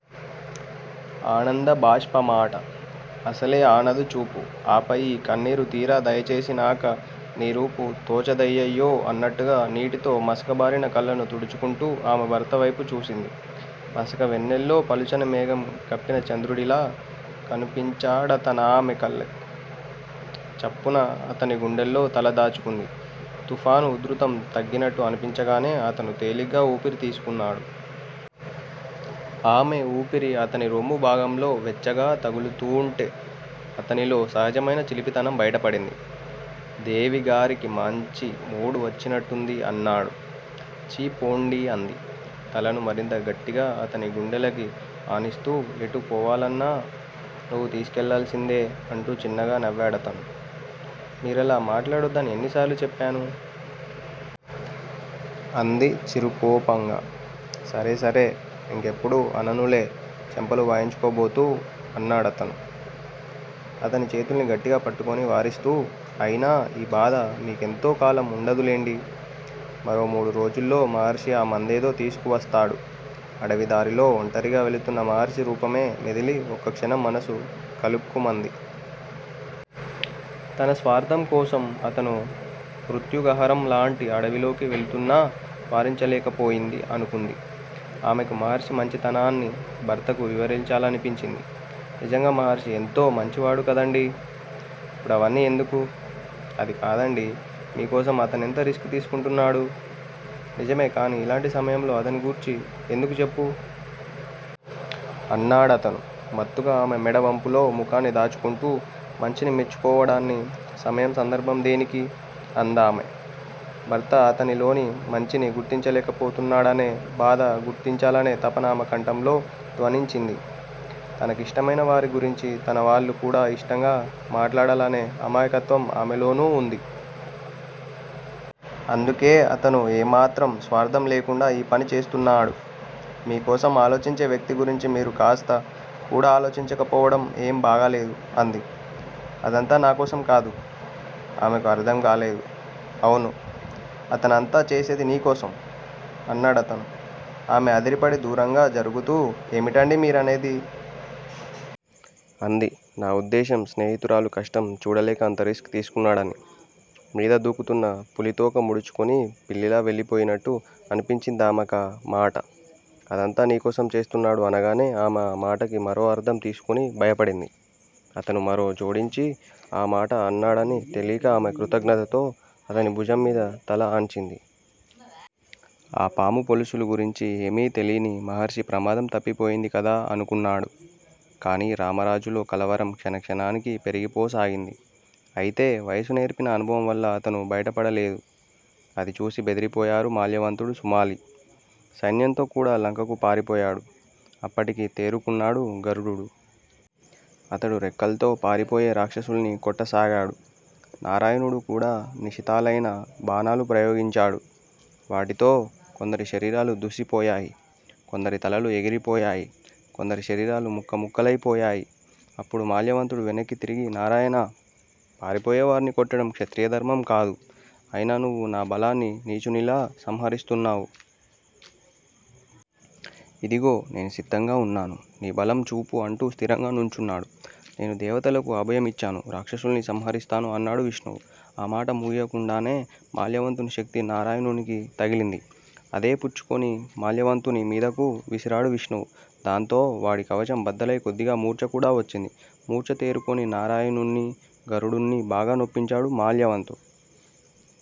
ఆనందభాష్పమాట. అసలే ఆనదు చూపు ఆపై యీ కన్నీరు తీరా దయచేసినాక నీ రూపు తోచదయ్యయ్యో అన్నట్టుగా నీటితో మసకబారిన కళ్ళను తుడుచుకుంటూ ఆమె భర్తవైపు చూసింది. మసక వెన్నెల్లో పలుచని మేఘం కప్పిన చంద్రుడిలా కనుపించాడతనామె కళ్ళకి. చప్పున అతనిగుండెల్లో తల దాచుకుంది. తుఫాను ఉధృతం తగ్గినట్టు అనిపించగానే అతను తేలిగ్గా ఊపిరి తీసుకున్నాడు. ఆమె ఊపిరి అతనిరొమ్ము భాగంలో వెచ్చగా తగులుతూంటే అతనిలో సహజమైన చిలిపితనం బయటపడింది. దేవిగారికి మంచి మూడ్ వచ్చినట్టుంది అన్నాడు. ఛీ పొండి అంది. తలను మరింత గట్టిగా అతని గుండెలకి ఆనిస్తూ. ఎటు పోవాలన్నా నువ్వు తీసికెళ్ళాల్సిందే అంటూ చిన్నగా నవ్వాడతను. మీరలా మాట్లాడొద్దని ఎన్ని సార్లు చెప్పాను? అంది చిరుకోపంగా. సరే సరే. ఇంకెప్పుడూ అననులే చెంపలు వాయించుకోబోతూ అన్నాడతను. అతని చేతుల్ని గట్టిగా పట్టుకుని వారిస్తూ అయినా ఈ బాధ మీకెంతో కాలం ఉండదులెండి! మరో మూడు రోజుల్లో మహర్షి ఆ మందేదో తీసుకువస్తాడు. అడవి దారిలో ఒంటరిగా వెళుతున్న మహర్షి రూపమే మెదిలి ఒక్కక్షణం మనస్సు కలుక్కుమంది. తన స్వార్థం కోసం అతను మృత్యుగహరం లాంటి అడవిలోకి వెళుతున్నా వారించలేకపోయింది అనుకుంది. ఆమెకు మహర్షి మంచితనాన్ని భర్తకు వివరించాలనిపించింది. నిజంగా మహర్షి ఎంతో మంచివాడు కదండీ! ఇప్పుడవన్నీ ఎందుకు? అదికాదండీ మీకోసం అతనెంత రిస్క్ తీసుకుంటున్నాడు? నిజమే కాని ఇలాంటి సమయంలో అతన్ని గూర్చి ఎందుకు చెప్పు? అన్నాడతను మత్తుగా ఆమె మెడ వంపులో ముఖాన్ని దాచుకుంటూ. మంచిని మెచ్చుకోవడానికి సమయం సందర్భం దేనికి? అందామె. భర్త అతనిలోని మంచిని గుర్తించలేకపోతున్నాడనే బాధ గుర్తించాలనే తపన ఆమె కంఠంలో ధ్వనించింది. తన కిష్టమైనవారి గురించి తనవాళ్ళు కూడా ఇష్టంగా మాట్లాడాలనే అమాయకత్వం ఆమెలోనూ వుంది. అందుకే అతను ఏ మాత్రం స్వార్థం లేకుండా ఈ పని చేస్తున్నాడు. మీ కోసం ఆలోచించే వ్యక్తి గురించి మీరు కాస్త కూడా ఆలోచించకపోవడం ఏం బాగాలేదు అంది. అదంతా నా కోసం కాదు! ఆమెకు అర్థంకాలేదు. అవును. అతనంతా చేసేది నీకోసం! అన్నాడతను. ఆమె అదిరిపడి దూరంగా జరుగుతూ ఏమిటండీ మీరనేది? అంది. నా ఉద్దేశ్యం స్నేహితురాలు కష్టం చూడలేక అంత రిస్క్ తీసుకున్నాడని. మీద దూకుతున్న పులి తోక ముడుచుకుని పిల్లిలా వెళ్ళిపోయినట్టు అనిపించిందామెకా మాట. అదంతా నీకోసం చేస్తున్నాడు అనగానే ఆమె ఆ మాటకి మరో అర్థం తీసుకుని భయపడింది. అతను మరో జోడించి ఆ మాట అన్నాడని తెలీక ఆమె కృతజ్ఞతతో అతని భుజం మీద తల ఆన్చింది. ఆ పాము పొలుసులు గురించి ఏమీ తెలీని మహర్షి ప్రమాదం తప్పిపోయింది కదా అనుకున్నాడు. కానీ రామరాజులో కలవరం క్షణక్షణానికి పెరిగిపోసాగింది. అయితే వయసు నేర్పిన అనుభవం వల్ల అతను బయటపడలేదు. అది చూసి బెదిరిపోయారు మాల్యవంతుడు సుమాలి. సైన్యంతో కూడా లంకకు పారిపోయాడు. అప్పటికి తేరుకున్నాడు గరుడుడు. అతడు రెక్కల్తో పారిపోయే రాక్షసుల్ను కొట్టసాగాడు. నారాయణుడు కూడా నిశితాలైన బాణాలు ప్రయోగించాడు. వాటితో కొందరి శరీరాలు దుస్సిపోయాయి. కొందరి తలలు ఎగిరిపోయాయి. కొందరి శరీరాలు ముక్కముక్కలైపోయాయి. అప్పుడు మాల్యవంతుడు వెనక్కు తిరిగి నారాయణా! పారిపోయేవార్ని కొట్టడం క్షత్రియధర్మం కాదు. అయినా నువ్వు నాబలాన్ని నీచునిలా సంహరిస్తున్నావు. ఇదిగో నేను సిద్ధంగా వున్నాను. నీ బలం చూపు అంటూ స్థిరంగా నుంచున్నాడు. నేను దేవతలకు అభయం ఇచ్చాను. రాక్షసుల్ను సంహరిస్తాను అన్నాడు విష్ణువు. ఆ మాట ముగియకుండానే మాల్యవంతుని శక్తి నారాయణునికి తగిలింది. అదే పుచ్చుకొని మాల్యవంతుని మీదకు విసిరాడు విష్ణువు. దాంతో వాడి కవచం బద్దలై కొద్దిగా మూర్ఛకూడా వచ్చింది. మూర్ఛ తేరుకొని నారాయణుణ్ణీ గరుడుణ్ణీ బాగా నొప్పించాడు మాల్యవంతుడు.